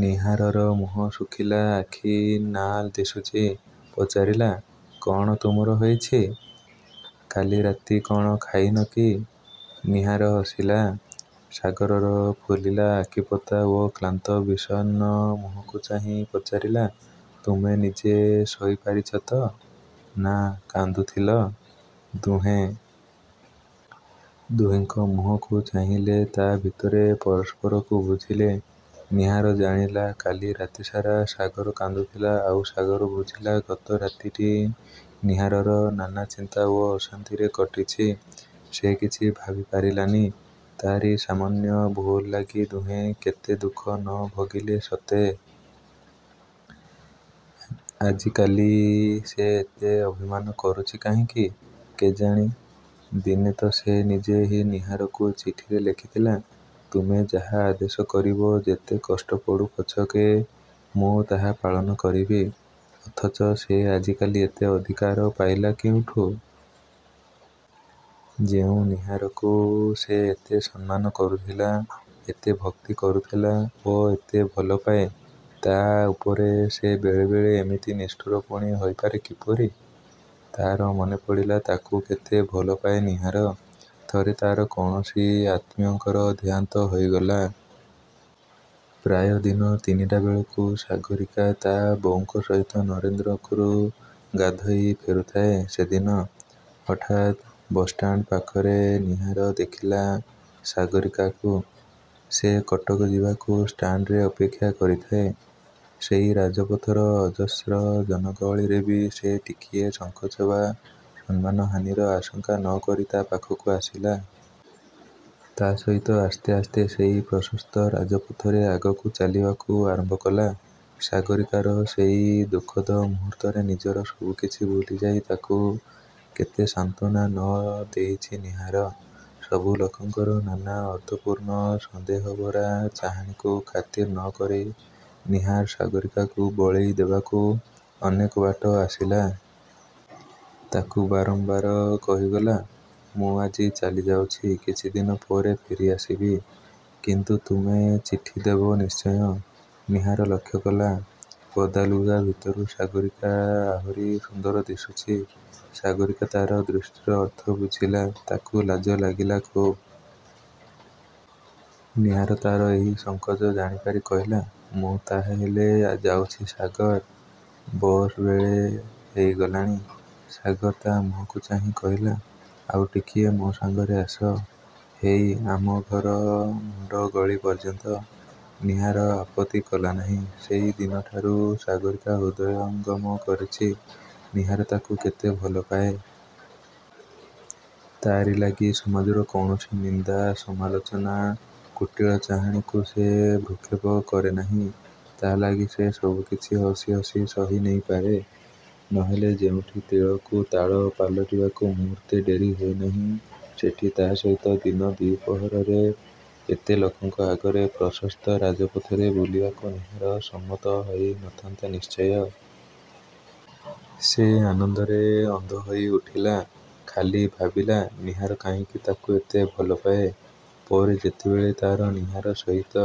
ନୀହାରର ମୁହଁ ଶୁଖିଲା, ଆଖି ନାଲ୍ ଦିଶୁଛି। ପଚାରିଲା–''କ'ଣ ତୁମର ହୋଇଛି? କାଲି ରାତି କ'ଣ ଶୋଇନ କି? '' ନୀହାର ହସିଲା। ସାଗରର ଫୁଲିଲା ଆଖିପତା ଓ କ୍ଳାନ୍ତ ବିଷର୍ଣ୍ଣ ମୁହଁକୁ ଚାହିଁ ପଚାରିଲା–''ତୁମେ ନିଜେ ଶୋଇପାରିଛ ତ? ନା କାନ୍ଦୁଥିଲ। '' ଦୁହେଁ। ଦୁହିଁଙ୍କ ମୁହଁକୁ ଚାହିଁଲେ। ତା' ଭିତରେ ପରସ୍ପରକୁ ବୁଝିଲେ। ନୀହାର ଜାଣିଲା କାଲି ରାତିସାରା ସାଗର କାନ୍ଦୁଥିଲା ଆଉ ସାଗର ବୁଝିଲା ଗତ ରାତିଟି ନୀହାରର ନାନା ଚିନ୍ତା ଓ ଅଶାନ୍ତିରେ କଟିଛି-। ସେ କିଛି ଭାବିପାରିଲାନି। ତାରି ସାମନ୍ୟ ଭୁଲ୍ ଲାଗି ଦୁହେଁ କେତେ ଦୁଃଖ ନ ଭୋଗିଲେ ସତେ-? ଆଜିକାଲି ସେ ଏତେ ଅଭିମାନ କରୁଛି କାହିଁକି କେଜାଣି? ଦିନେ ତ ସେ ନିଜେ ନୀହାରକୁ ଚିଠିରେ ଲେଖିଥିଲା–''ତୁମେ ଯାହା ଆଦେଶ କରିବ; ଯେତେ କଷ୍ଟ ପଡ଼ୁ ପଛକେ ମୁଁ ତାହା ପାଳନ କରିବି। '' ଅଥଚ ସେ ଆଜିକାଲି ଏତେ ଅଧିକାର ପାଇଲା କେଉଁଠୁ? ଯେଉଁ ନୀହାରକୁ ସେ ଏତେ ସମ୍ମାନ କରୁଥିଲା, ଏତେ ଭକ୍ତି କରୁଥିଲା ଓ ଏତେ ଭଲପାଏ; ତା' ଉପରେ ସେ ବେଳେ ବେଳେ ଏମିତି ନିଷ୍ଠୁର ପୁଣି ହୋଇପାରେ କିପରି? ତା'ର ମନେପଡ଼ିଲା ତାକୁ କେତେ ଭଲପାଏ ନୀହାର। ଥରେ ତା'ର କୌଣସି ଆତ୍ମୀୟଙ୍କର ଦେହାନ୍ତ ହୋଇଗଲା। ପ୍ରାୟ ଦିନ ତିନିଟା ବେଳକୁ ସାଗରୀକା ତା' ବୋଉଙ୍କ ସହିତ ନରେନ୍ଦ୍ରରୁ ଗାଧୋଇ ଫେରୁଥାଏ ସେଦିନ। ହଠାତ୍ ବସ୍ଷ୍ଟାଣ୍ତ ପାଖରେ ନୀହାର ଦେଖିଲା ସାଗରୀକାକୁ। ସେ କଟକ ଯିବାକୁ ଷ୍ଟାଣ୍ତରେ ଅପେକ୍ଷା କରିଥାଏ। ସେଇ ରାଜପଥର ଅଜସ୍ର ଜନଗହଳିରେ ବି ସେ ଟିକିଏ ସଙ୍କୋଚ ବା ସମ୍ମାନହାନିର ଆଶଙ୍କା ନ କରି ତା' ପାଖକୁ ଆସିଲା। ତା' ସହିତ ଆସ୍ତେ ଆସ୍ତେ ସେଇ ପ୍ରଶସ୍ତ ରାଜପଥରେ ଆଗକୁ ଚାଲିବାକୁ ଆରମ୍ଭ କଲା। ସାଗରୀକାର ସେଇ ଦୁଃଖଦ ମୁହୂର୍ତ୍ତରେ ନିଜର ସବୁ କିଛି ଭୁଲିଯାଇ ତାକୁ କେତେ ସାନ୍ତ୍ୱନା ନ ଦେଇଛି ନୀହାର। ସବୁ ଲୋକଙ୍କର ନାନା ଅର୍ଥପୂର୍ଣ୍ଣ ସନ୍ଦେହଭରା ଚାହାଣିକୁ ଖାତିର୍ ନ କରି ନୀହାର ସାଗରୀକାକୁ ବଳେଇ ଦେବାକୁ ଅନେକ ବାଟ ଆସିଲା। ତାକୁ ବାରମ୍ବାର କହିଗଲା–''ମୁଁ ଆଜି ଚାଲିଯାଉଛି–କିଛି ଦିନ ପରେ ଫେରି ଆସିବି। କିନ୍ତୁ ତୁମେ ଚିଠି ଦେବ ନିଶ୍ଚୟ। '' ନୀହାର ଲକ୍ଷ୍ୟ କଲା; ଓଦା ଲୁଗା ଭିତରୁ ସାଗରୀକା ଆହୁରି ସୁନ୍ଦର ଦିଶୁଛି। ସାଗରୀକା ତା'ର ଦୃଷ୍ଟିର ଅର୍ଥ ବୁଝିଲା। ତାକୁ ଲାଜ ଲାଗିଲା ଖୁବ୍। ନୀହାର ତା'ର ଏହି ସଙ୍କୋଚ ଜାଣିପାରି କହିଲା ''ମୁଁ ତା'ହେଲେ ଯାଉଛି ସାଗର–ବସ୍ ବେଳ ହୋଇଗଳାଣି। '' ସାଗର ତା' ମୁହଁକୁ ଚାହିଁ କହିଲା–''ଆଉ ଟିକିଏ ମୋ ସାଙ୍ଗରେ ଆସ–ହେଇ; ଆମଘର ମୁଣ୍ତ ଗଳି ପର୍ଯ୍ୟନ୍ତ। '' ନୀହାର ଆପତ୍ତି କଲାନାହିଁ। ସେଇ ଦିନଠାରୁ ସାଗରୀକା ହୃଦୟଙ୍ଗମ କରିଛି; ନୀହାର ତାକୁ କେତେ ଭଲପାଏ। ତାରି ଲାଗି ସମାଜର କୌଣସି ନିନ୍ଦା, ସମାଲୋଚନା, କୁଟିଳ-ଚାହାଣିକୁ ସେ ଭ୍ରୂକ୍ଷେପ କରେନାହିଁ। ତା' ଲାଗି ସେ ସବୁ କିଛି ହସି ହସି ସହିନେଇପାରେ। ନ ହେଲେ ଯେଉଁଠି ତିଳକୁ ତାଳ ପାଲଟିବାକୁ ମୁହୂର୍ତ୍ତେ ଡେରି ହୁଏନାଇଁ ସେଠି ତା' ସହିତ ଦିନ ଦ୍ୱିପହରେ ଏତେ ଲୋକଙ୍କ ଆଗରେ, ପ୍ରଶସ୍ତ ରାଜପଥରେ ବୁଲିବାକୁ ନୀହାର ସମ୍ମତ ହୋଇନଥାନ୍ତା ନିଶ୍ଚୟ। ସେ ଆନନ୍ଦରେ ଅନ୍ଧ ହୋଇ ଉଠିଲା। ଖାଲି ଭାବିଲା–''ନୀହାର କାହିଁକି ତାକୁ ଏତେ ଭଲପାଏ। '' ପରେ ଯେତେବେଳେ ତା'ର ନୀହାର ସହିତ